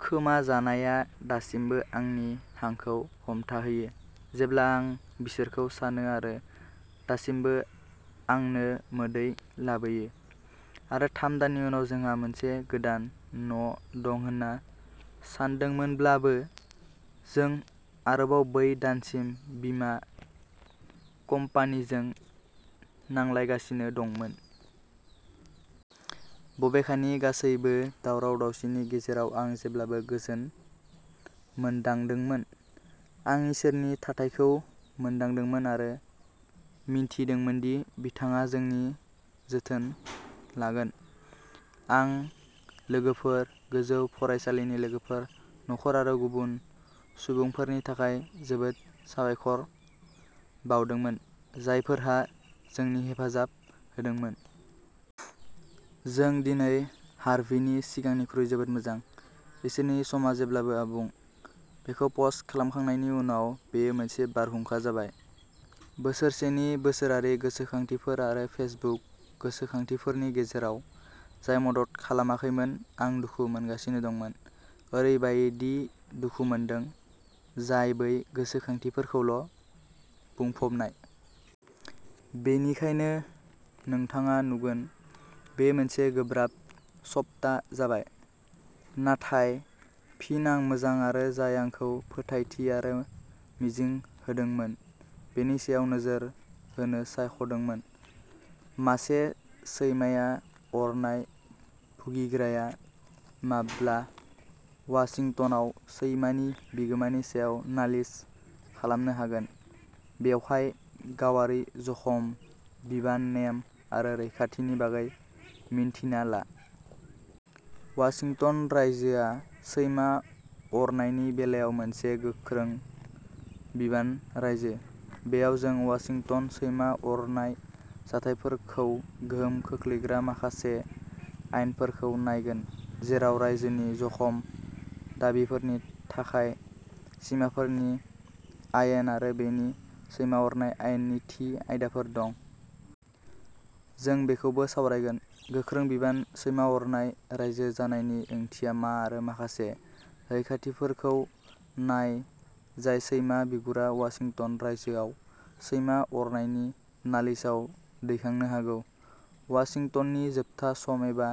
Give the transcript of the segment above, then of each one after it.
खोमाजानायआ दासिमबो आंनि हांखौ हमथाहोयो जेब्ला आं बिसोरखौ सानो आरो दासिमबो आंनो मोदै लाबोयो। आरो थाम दाननि उनाव जोंहा मोनसे गोदान न' दं होन्ना सानदोंमोनब्लाबो, जों आरोबाव ब्रै दानसिम बिमा कम्पानिजों नांलायगासिनो दंमोन। बबेखानि, गासैबो दावराव-दावसिनि गेजेराव आं जेब्लाबो गोजोन मोनदांदोंमोन। आं इसोरनि थाथायखौ मोनदांदोंमोन आरो मिन्थिदोंमोन दि बिथाङा जोंनि जोथोन लागोन। आं लोगोफोर, गोजौ फरायसालिनि लोगोफोर, नखर आरो गुबुन सुबुंफोरनि थाखाय जोबोद साबायखर बावदोंमोन, जायफोरा जोंनि हेफाजाब होदोंमोन। जों दिनै हार्भिनि सिगांनिख्रुइ जोबोद मोजां। इसोरनि समा जेब्लाबो आबुं। "बेखौ पस्ट खालामखांनायनि उनाव बेयो मोनसे बारहुंखा जाबाय। बोसोरसेनि बोसोरारि गोसोखांथिफोर आरो फेसबुक गोसोखांथिफोरनि गेजेराव, जाय मदद खालामाखैमोन, आं दुखु मोनगासिनो दंमोन। ओरैबायदि दुखु मोनदों, जाय बै गोसोखांथिफोरखौल'बुंफबनाय। बेनिखायनो नोंथाङा नुगोन बेयो मोनसे गोब्राब सप्ता जाबाय। नाथाय फिन आं मोजां आरो जाय आंखौ फोथायथि आरो मिजिं होदोंमोन, बेनि सायाव नोजोर होनो सायख'दोंमोन। मासे सैमाया अरनाय भुगिग्राया माब्ला वाशिंटनआव सैमानि बिगोमानि सायाव नालिस खालामनो हागोन, बेवहाय गावारि जखम बिबान नेम आरो रैखाथिनि बागै मिन्थिना ला। वाशिंटन रायजोआ सैमा अरनायनि बेलायाव मोनसे "गोख्रों बिबान" रायजो। बेयाव, जों वाशिंटन सैमा अरनाय जाथायफोरखौ गोहोम खोख्लैग्रा माखासे आयेनफोरखौ नायगोन, जेराव रायजोनि जखम दाबिफोरनि थाखाय सिमाफोरनि आयेन आरो बेनि सैमा अरनाय आयेननि थि आयदाफोर दं। जों बेखौबो सावरायगोन। "गोख्रों बिबान" सैमा अरनाय रायजो जानायनि ओंथिया मा आरो माखासे रैखाथिफोरखौ नाय जाय सैमा बिगुरा वाशिंटन रायजोआव सैमा अरनायनि नालिसाव दैखांनो हागौ। वाशिंटननि जोबथा सम, एबा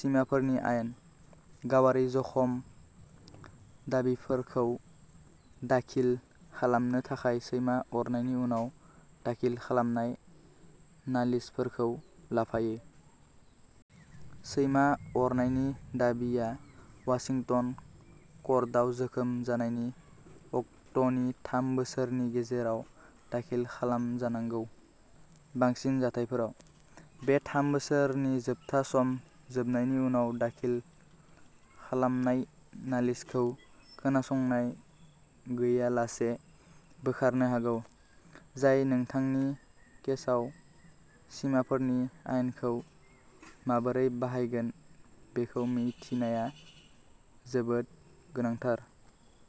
"सिमाफोरनि आयेन", गावारि जखम दाबिफोरखौ दाखिल खालामनो थाखाय सैमा अरनायनि उनाव दाखिल खालामनाय नालिसफोरखौ लाफायो। सैमा अरनायनि दाबिआ वाशिंटन कर्टआव जोखोम जानायनि अक्ट'नि थाम बोसोरनि गेजेराव दाखिल खालामजानांगौ, बांसिन जाथायफोराव। बे थाम बोसोरनि जोबथा सम जोबनायनि उनाव दाखिल खालामनाय नालिसखौ खोनासंनाय गैयालासे बोखारनो हागौ, जाय नोंथांनि केसाव सिमाफोरनि आयेनखौ माबोरै बाहायगोन बेखौ मिथिनाया जोबोद गोनांथार।